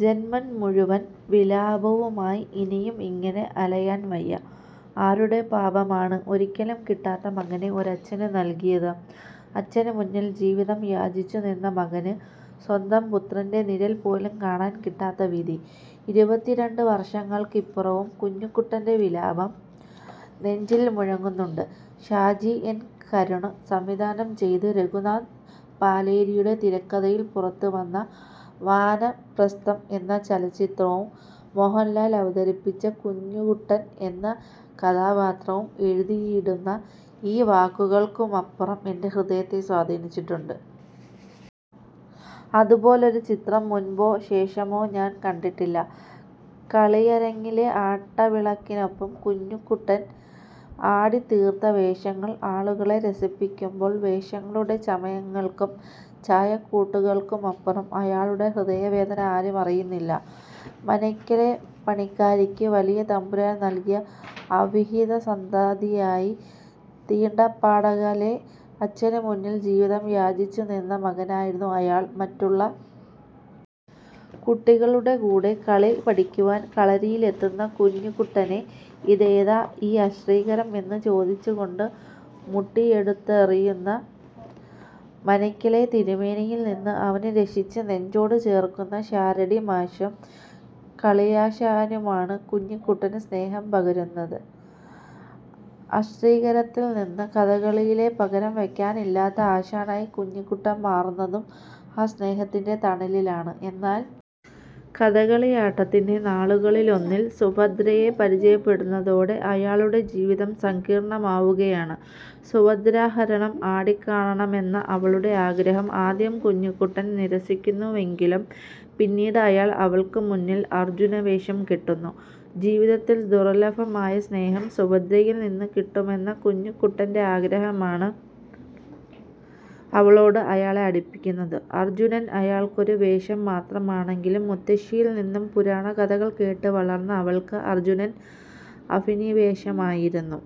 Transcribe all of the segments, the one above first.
ജന്മം മുഴുവൻ വിലാപവുമായി ഇനിയും ഇങ്ങനെ അലയാൻ വയ്യ. ആരുടെ പാപമാണ് ഒരിക്കലും കിട്ടാത്ത മകനെ ഒരച്ഛന് നൽകിയത്. അച്ഛന് മുന്നിൽ ജീവിതം യാചിച്ചു നിന്ന മകന് സ്വന്തം പുത്രൻ്റെ നിഴൽ പോലും കാണാൻ കിട്ടാത്ത വിധി. ഇരുപത്തിരണ്ടു വർഷങ്ങൾക്കിപ്പുറവും കുഞ്ഞുകുട്ടൻ്റെ വിലാപം നെഞ്ചിൽ മുഴങ്ങുന്നുണ്ട്. ഷാജി എൻ കരുണ് സംവിധാനം ചെയ്ത് രഘുനാഥ് പലേരിയുടെ തിരക്കഥയിൽ പുറത്തുവന്ന വാനപ്രസ്ഥം എന്ന ചലച്ചിത്രവും മോഹൻലാൽ അവതരിപ്പിച്ച കുഞ്ഞുകുട്ടൻ എന്ന കഥാപാത്രവും എഴുതിയിടുന്ന ഈ വാക്കുകൾക്കുമപ്പുറം എൻ്റെ ഹൃദയത്തെ സ്വാധീനിച്ചിട്ടുണ്ട്. അതുപോലൊരു ചിത്രം മുൻപോ ശേഷമോ ഞാൻ കണ്ടിട്ടില്ല. കളിയരങ്ങിലെ ആട്ടവിളക്കിനൊപ്പം കുഞ്ഞുകുട്ടൻ ആടിത്തീർത്ത വേഷങ്ങൾ ആളുകളെ രസിപ്പിക്കുമ്പോൾ വേഷങ്ങളുടെ ചമയങ്ങൾക്കും ചായക്കൂട്ടുകൾക്കുമപ്പുറം അയാളുടെ ഹൃദയവേദന ആരും അറിയുന്നില്ല. മനയ്ക്കലെ പണിക്കാരിക്ക് വലിയ തമ്പുരാൻ നൽകിയ അവിഹിതസന്തതിയായി, തീണ്ടാപ്പാടകലെ അച്ഛന് മുന്നിൽ ജീവിതം യാചിച്ചു നിന്ന മകനായിരുന്നു അയാൾ. മറ്റുള്ള കുട്ടികളുടെ കൂടെ കളി പഠിക്കുവാൻ കളരിയിലെത്തുന്ന കുഞ്ഞുകുട്ടനെ ഇതേതാ ഈ അശ്രീകരം എന്ന് ചോദിച്ചുകൊണ്ട് മുട്ടിയെടുത്തെറിയുന്ന മനയ്ക്കലെ തിരുമേനിയിൽ നിന്ന് അവനെ രക്ഷിച്ച് നെഞ്ചോട് ചേർക്കുന്ന ഷാരടി മാഷും കളിയാശാനുമാണ് കുഞ്ഞുകുട്ടന് സ്നേഹം പകരുന്നത്. അശ്രീകരത്തിൽ നിന്ന് കഥകളിയിലെ പകരംവയ്ക്കാനില്ലാത്ത ആശാനായി കുഞ്ഞുകുട്ടൻ മാറുന്നതും ആ സ്നേഹത്തിൻ്റെ തണലിലാണ്. എന്നാൽ കഥകളിയാട്ടത്തിൻ്റെ നാളുകളിലൊന്നിൽ സുഭദ്രയെ പരിചയപ്പെടുന്നതോടെ അയാളുടെ ജീവിതം സങ്കീർണമാവുകയാണ്. സുഭദ്രാഹരണം ആടിക്കാണണമെന്ന അവളുടെ ആഗ്രഹം ആദ്യം കുഞ്ഞുകുട്ടൻ നിരസിക്കുന്നുവെങ്കിലും പിന്നീട് അയാൾ അവൾക്ക് മുന്നിൽ അർജുനവേഷം കെട്ടുന്നു. ജീവിതത്തിൽ ദുർലഭമായ സ്നേഹം സുഭദ്രയിൽ നിന്ന് കിട്ടുമെന്ന കുഞ്ഞുകുട്ടൻ്റെ ആഗ്രഹമാണ് അവളോട് അയാളെ അടുപ്പിക്കുന്നത്. അർജുനൻ അയാൾക്കൊരു വേഷം മാത്രമാണെങ്കിലും മുത്തശ്ശിയിൽ നിന്നും പുരാണകഥകൾ കേട്ട് വളർന്ന അവൾക്ക് അർജുനൻ അഭിനിവേശമായിരുന്നു.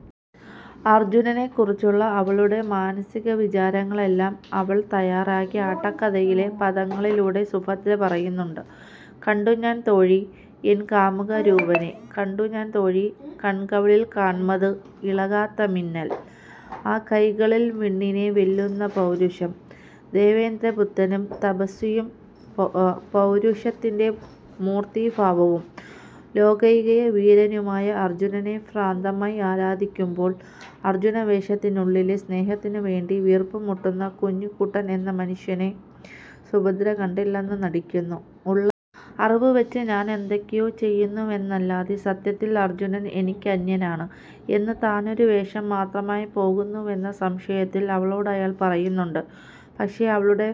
അർജുനനെക്കുറിച്ചുള്ള അവളുടെ മാനസികവിചാരങ്ങളെല്ലാം അവൾ തയ്യാറാക്കിയ ആട്ടക്കഥയിലെ പദങ്ങളിലൂടെ സുഭദ്ര പറയുന്നുണ്ട്. കണ്ടു ഞാൻ തോഴി എൻ കാമനുരൂപനെ. കണ്ടു ഞാൻ തോഴീ കൺകളിൽ കാണ്മത് ഇളകാത്ത മിന്നൽ. ആ കൈകളിൽ വിണ്ണിനെ വെല്ലുന്ന പൗരുഷം. ദേവേന്ദ്രപുത്രനും തപസ്വിയും പൗരുഷത്തിൻ്റെ മൂർത്തീഭാവവും ലോകൈകവീരനുമായ അർജുനനെ ഭ്രാന്തമായി ആരാധിക്കുമ്പോൾ അർജുനവേഷത്തിനുള്ളിലെ സ്നേഹത്തിനു വേണ്ടി വീർപ്പുമുട്ടുന്ന കുഞ്ഞുകുട്ടൻ എന്ന മനുഷ്യനെ സുഭദ്ര കണ്ടില്ലെന്ന് നടിക്കുന്നു. ഉള്ള അറിവ് വെച്ച് ഞാനെന്തൊക്കെയോ ചെയ്യുന്നുവെന്നല്ലാതെ സത്യത്തിൽ അർജുനൻ എനിക്കന്യനാണ് എന്ന് താനൊരു വേഷം മാത്രമായി പോകുന്നുവെന്ന സംശയത്തിൽ അവളോട് അയാൾ പറയുന്നുണ്ട്. പക്ഷേ അവളുടെ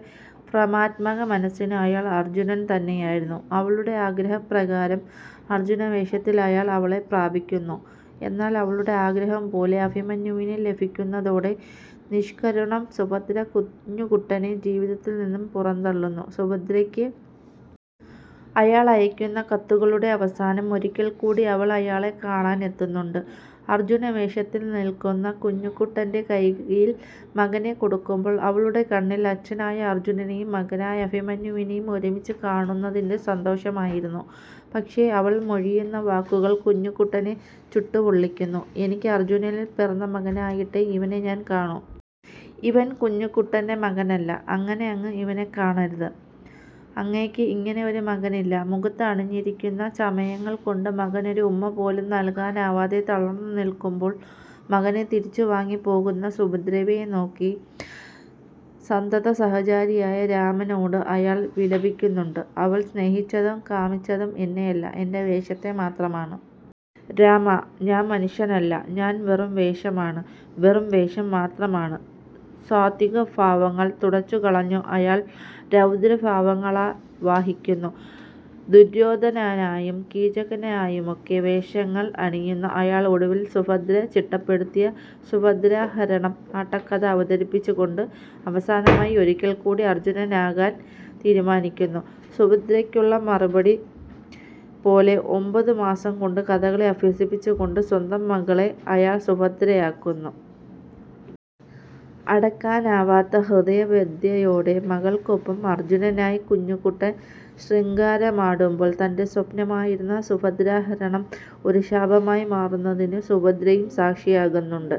ഭ്രമാത്മകമനസ്സിന് അയാൾ അർജുനൻ തന്നെയായിരുന്നു. അവളുടെ ആഗ്രഹപ്രകാരം അർജുനവേഷത്തിൽ അയാൾ അവളെ പ്രാപിക്കുന്നു. എന്നാൽ അവളുടെ ആഗ്രഹം പോലെ അഭിമന്യുവിനെ ലഭിക്കുന്നതോടെ നിഷ്കരുണം സുഭദ്ര കുഞ്ഞുകുട്ടനെ ജീവിതത്തിൽ നിന്നും പുറന്തള്ളുന്നു. സുഭദ്രയ്ക്ക് അയാൾ അയയ്ക്കുന്ന കത്തുകളുടെ അവസാനം ഒരിക്കൽക്കൂടി അവൾ അയാളെ കാണാനെത്തുന്നുണ്ട്. അർജുനവേഷത്തിൽ നിൽക്കുന്ന കുഞ്ഞുകുട്ടൻ്റെ കൈയിൽ മകനെ കൊടുക്കുമ്പോൾ അവളുടെ കണ്ണിൽ അച്ഛനായ അർജുനനെയും മകനായ അഭിമന്യുവിനെയും ഒരുമിച്ച് കാണുന്നതിൻ്റെ സന്തോഷമായിരുന്നു. പക്ഷേ അവൾ മൊഴിയുന്ന വാക്കുകൾ കുഞ്ഞുകുട്ടനെ ചുട്ടുപൊള്ളിക്കുന്നു. എനിക്ക് അർജുനനിൽ പിറന്ന മകനായിട്ടേ ഇവനെ ഞാൻ കാണൂ. ഇവൻ കുഞ്ഞുകുട്ടൻ്റെ മകനല്ല. അങ്ങനെ അങ്ങ് ഇവനെ കാണരുത്. അങ്ങേക്ക് ഇങ്ങനെ ഒരു മകനില്ല. മുഖത്ത് അണിഞ്ഞിരിക്കുന്ന ചമയങ്ങൾ കൊണ്ട് മകനൊരു ഉമ്മ പോലും നൽകാനാവാതെ തളർന്നു നിൽക്കുമ്പോൾ മകനെ തിരിച്ചുവാങ്ങി പോകുന്ന സുഭദ്രയെ നോക്കി സന്തതസഹചാരിയായ രാമനോട് അയാൾ വിലപിക്കുന്നുണ്ട്. അവൾ സ്നേഹിച്ചതും കാമിച്ചതും എന്നെയല്ല. എൻ്റെ വേഷത്തെ മാത്രമാണ്. രാമാ, ഞാൻ മനുഷ്യനല്ല. ഞാൻ വെറും വേഷമാണ്. വെറും വേഷം മാത്രമാണ്. സാത്വികഭാവങ്ങൾ തുടച്ചുകളഞ്ഞു അയാൾ രൗദ്രഭാവങ്ങളാവാഹിക്കുന്നു. ദുര്യോധനനായും കീചകനായുമൊക്കെ വേഷങ്ങൾ അണിയുന്ന അയാൾ ഒടുവിൽ സുഭദ്ര ചിട്ടപ്പെടുത്തിയ സുഭദ്രാഹരണം ആട്ടക്കഥ അവതരിപ്പിച്ചുകൊണ്ട് അവസാനമായി ഒരിക്കൽക്കൂടി അർജുനനാകാൻ തീരുമാനിക്കുന്നു. സുഭദ്രയ്ക്കുള്ള മറുപടി പോലെ ഒമ്പതുമാസംകൊണ്ട് കഥകളി അഭ്യസിപ്പിച്ചുകൊണ്ട് സ്വന്തം മകളെ അയാൾ സുഭദ്രയാക്കുന്നു. അടക്കാനാവാത്ത ഹൃദയവ്യഥയോടെ മകൾക്കൊപ്പം അർജുനനായി കുഞ്ഞുകുട്ടൻ ശൃംഗാരമാടുമ്പോൾ തൻ്റെ സ്വപ്നമായിരുന്ന സുഭദ്രാഹരണം ഒരു ശാപമായി മാറുന്നതിന് സുഭദ്രയും സാക്ഷിയാകുന്നുണ്ട്.